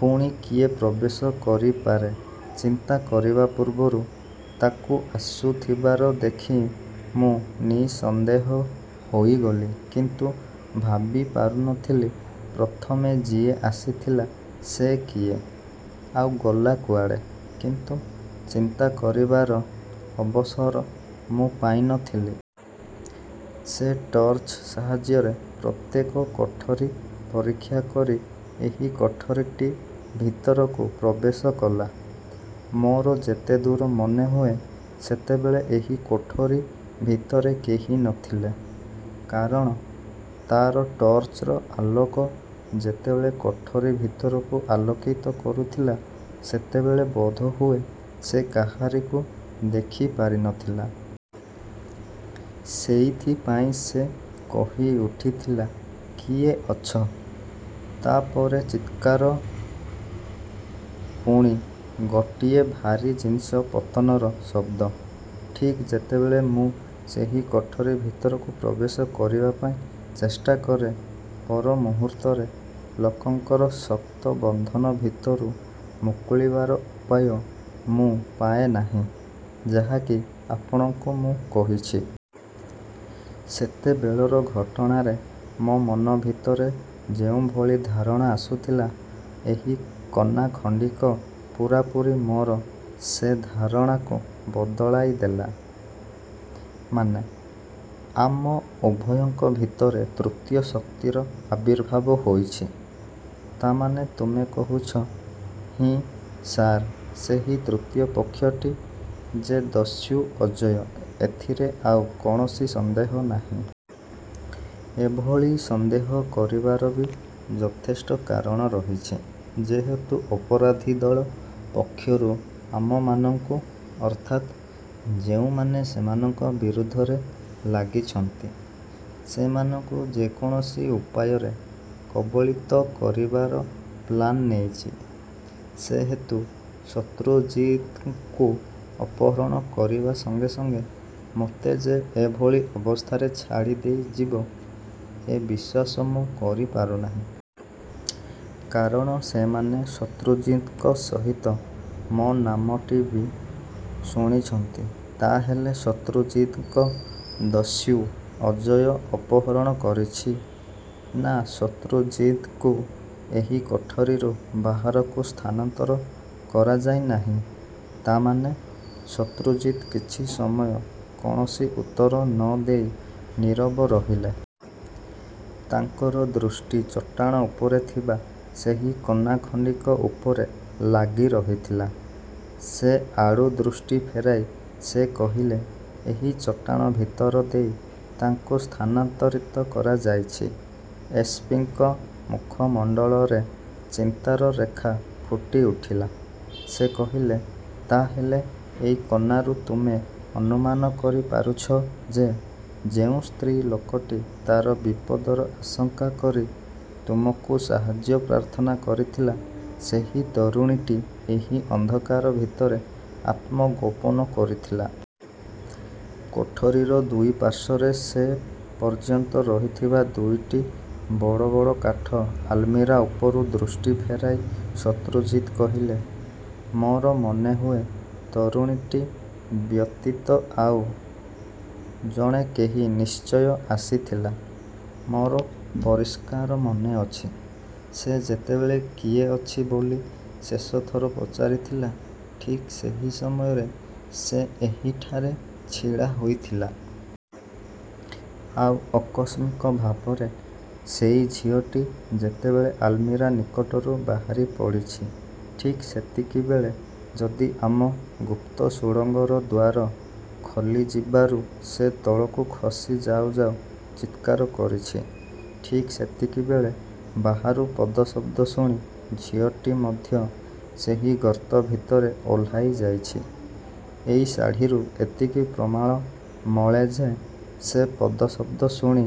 ପୁଣି କିଏ ପ୍ରବେଶ କରିପାରେ ଚିନ୍ତା କରିବା ପୂର୍ବରୁ ତାକୁ ଆସୁଥିବାର ଦେଖି ମୁଁ ନିଃସନ୍ଦେହ ହୋଇଗଲି; କିନ୍ତୁ ଭାବିପାରୁ ନ ଥିଲି, ପ୍ରଥମେ ଯିଏ ଆସିଥିଲା ସେ କିଏ, ଆଉ ଗଲା କୁଆଡ଼େ? କିନ୍ତୁ ଚିନ୍ତା କରିବାର ଅବସର ମୁଁ ପାଇ ନ ଥିଲି। ସେ ଟର୍ଚ୍ଚ ସାହାଯ୍ୟରେ ପ୍ରତ୍ୟେକ କୋଠରି ପରୀକ୍ଷା କରି ଏହି କୋଠରିଟି ଭିତରକୁ ପ୍ରବେଶ କଲା। ମୋର ଯେତେଦୂର ମନେହୁଏ, ସେତେବେଳେ ଏହି କୋଠରି ଭିତରେ କେହି ନ ଥିଲେ। କାରଣ ତାର ଟର୍ଚ୍ଚର ଆଲୋକ ଯେତେବେଳେ କୋଠରି ଭିତରକୁ ଆଲୋକିତ କରୁଥିଲା, ସେତେବେଳେ ବୋଧହୁଏ ସେ କାହାରିକୁ ଦେଖି ପାରି ନ ଥିଲା। ସେଇଥିପାଇଁ ସେ କହିଉଠିଥିଲା—କିଏ ଅଛ? ତା ପରେ ଚିତ୍କାର ପୁଣି ଗୋଟିଏ ଭାରୀ ଜିନିଷ ପତନର ଶବ୍ଦ। ଠିକ୍ ଯେତେବେଳେ ମୁଁ ସେହି କୋଠରି ଭିତରକୁ ପ୍ରବେଶ କରିବା ପାଇଁ ଚେଷ୍ଟା କରେ, ପରମୁହୂର୍ତ୍ତରେ ଲୋକଙ୍କର ଶକ୍ତ ବନ୍ଧନ ଭିତରୁ ମୁକୁଳିବାର ଉପାୟ ମୁଁ ପାଏ ନାହିଁ, ଯାହା କି ଆପଣଙ୍କୁ ମୁଁ କହିଛି। ସେତେବେଳର ଘଟଣାରେ ମୋ ମନ ଭିତରେ ଯେଉଁଭଳି ଧାରଣା ଆସୁଥିଲା, ଏହି କନାଖଣ୍ଡିକ ପୂରାପୂରି ମୋର ସେ ଧାରଣାକୁ ବଦଳାଇ ଦେଲା। ମାନେ? ଆମ ଉଭୟଙ୍କ ଭିତରେ ତୃତୀୟ ଶକ୍ତିର ଆବିର୍ଭାବ ହୋଇଛି। ତା ମାନେ ତୁମେ କହୁଛ ହିଁ ସାର୍, ସେହି ତୃତୀୟ ପକ୍ଷଟି ଯେ ଦସ୍ୟୁ ଅଜୟ, ଏଥିରେ ଆଉ କୌଣସି ସନ୍ଦେହ ନାହିଁ। ଏ ଭଳି ସନ୍ଦେହ କରିବାର ବି ଯଥେଷ୍ଟ କାରଣ ରହିଛି। ଯେହେତୁ ଅପରାଧୀ ଦଳ ପକ୍ଷରୁ ଆମମାନଙ୍କୁ; ଅର୍ଥାତ୍ ଯେଉଁମାନେ ସେମାନଙ୍କ ବିରୁଦ୍ଧରେ ଲାଗିଛନ୍ତି, ସେମାନଙ୍କୁ ଯେ କୌଣସି ଉପାୟରେ କବଳିତ କରିବାର ପ୍ଲାନ୍ ନେଇଛି। ସେହେତୁ ଶତ୍ରୁଜିତଙ୍କୁ ଅପହରଣ କରିବା ସଙ୍ଗେ ସଙ୍ଗେ ମୋତେ ଯେ ଏ ଭଳି ଅବସ୍ଥାରେ ଛାଡ଼ି ଦେଇଯିବ, ଏ ବିଶ୍ୱାସ ମୁଁ କରିପାରୁ ନାହିଁ। କାରଣ ସେମାନେ ଶତ୍ରୁଜିତଙ୍କ ସହିତ ମୋ ନାମଟି ବି ଶୁଣିଛନ୍ତି। ତା ହେଲେ ଶତ୍ରୁଜିତଙ୍କ ଦସ୍ୟୁ ଅଜୟ ଅପହରଣ କରିଛି? ନା, ଶତ୍ରୁଜିତଙ୍କୁ ଏହି କୋଠରିରୁ ବାହାରକୁ ସ୍ଥାନାନ୍ତର କରାଯାଇ ନାହିଁ। ତା ମାନେ? ଶତ୍ରୁଜିତ କିଛି ସମୟ କୌଣସି ଉତ୍ତର ନ ଦେଇ ନୀରବ ରହିଲେ। ତାଙ୍କର ଦୃଷ୍ଟି ଚଟାଣ ଉପରେ ଥିବା ସେହି କନା ଖଣ୍ଡିକ ଉପରେ ଲାଗି ରହିଥିଲା। ସେ ଆଡ଼ୁ ଦୃଷ୍ଟି ଫେରାଇ ସେ କହିଲେ—ଏହି ଚଟାଣ ଭିତର ଦେଇ ତାଙ୍କୁ ସ୍ଥାନନ୍ତରିତ କରାଯାଇଛି। ଏସ୍. ପି. ଙ୍କ ମୁଖମଣ୍ଡଳରେ ଚିନ୍ତାର ରେଖା ଫୁଟିଉଠିଲା। ସେ କହିଲେ—ତା ହେଲେ ଏଇ କନାରୁ ତୁମେ ଅନୁମାନ କରି ପାରୁଛ ଯେ, ଯେଉଁ ସ୍ତ୍ରୀ ଲୋକଟି ତାର ବିପଦର ଆଶଙ୍କା କରି ତୁମକୁ ସାହାଯ୍ୟ ପ୍ରାର୍ଥନା କରିଥିଲା, ସେହି ତରୁଣୀଟି ଏହି ଅନ୍ଧକାର ଭିତରେ ଆତ୍ମଗୋପନ କରିଥିଲା। କୋଠରିର ଦୁଇ ପାର୍ଶ୍ୱରେ ସେ ପର୍ଯ୍ୟନ୍ତ ରହିଥିବା ଦୁଇଟି ବଡ଼ ବଡ଼ କାଠ ଆଲମିରା ଉପରୁ ଦୃଷ୍ଟି ଫେରାଇ ଶତ୍ରୁଜିତ କହିଲେ—ମୋର ମନେହୁଏ, ତରୁଣୀଟି ବ୍ୟତୀତ ଆଉ ଜଣେ କେହି ନିଶ୍ଚୟ ଆସିଥିଲା। ମୋର ପରିଷ୍କାର ମନେ ଅଛି, ସେ ଯେତେବେଳେ କିଏ ଅଛି ବୋଲି ଶେଷଥର ପଚାରିଥିଲା, ଠିକ୍ ସେହି ସମୟରେ ସେ ଏହିଠାରେ ଛିଡ଼ା ହୋଇଥିଲା। ଆଉ ଅକସ୍ମିକ ଭାବରେ ସେଇ ଝିଅଟି ଯେତେବେଳେ ଆଲମିରା ନିକଟରୁ ବାହାରି ପଡ଼ିଛି, ଠିକ୍ ସେତିକେବେଳେ ଯଦି ଆମ ଗୁପ୍ତ ସୁଡ଼ଙ୍ଗର ଦ୍ୱାର ଖୋଲିଯିବାରୁ ସେ ତଳକୁ ଖସି ଯାଉ ଯାଉ ଚିତ୍କାର କରିଛି। ଠିକ୍ ସେତିକିବେଳେ ବାହାରୁ ପଦଶବ୍ଦ ଶୁଣି ଝିଅଟି ମଧ୍ୟ ସେହି ଗର୍ତ୍ତ ଭିତରେ ଓହ୍ଲାଇ ଯାଇଛି। ଏଇ ଶାଢ଼ିରୁ ଏତିକି ପ୍ରମାଣ ମଳେ ଯେ—ସେ ପଦଶବ୍ଦ ଶୁଣି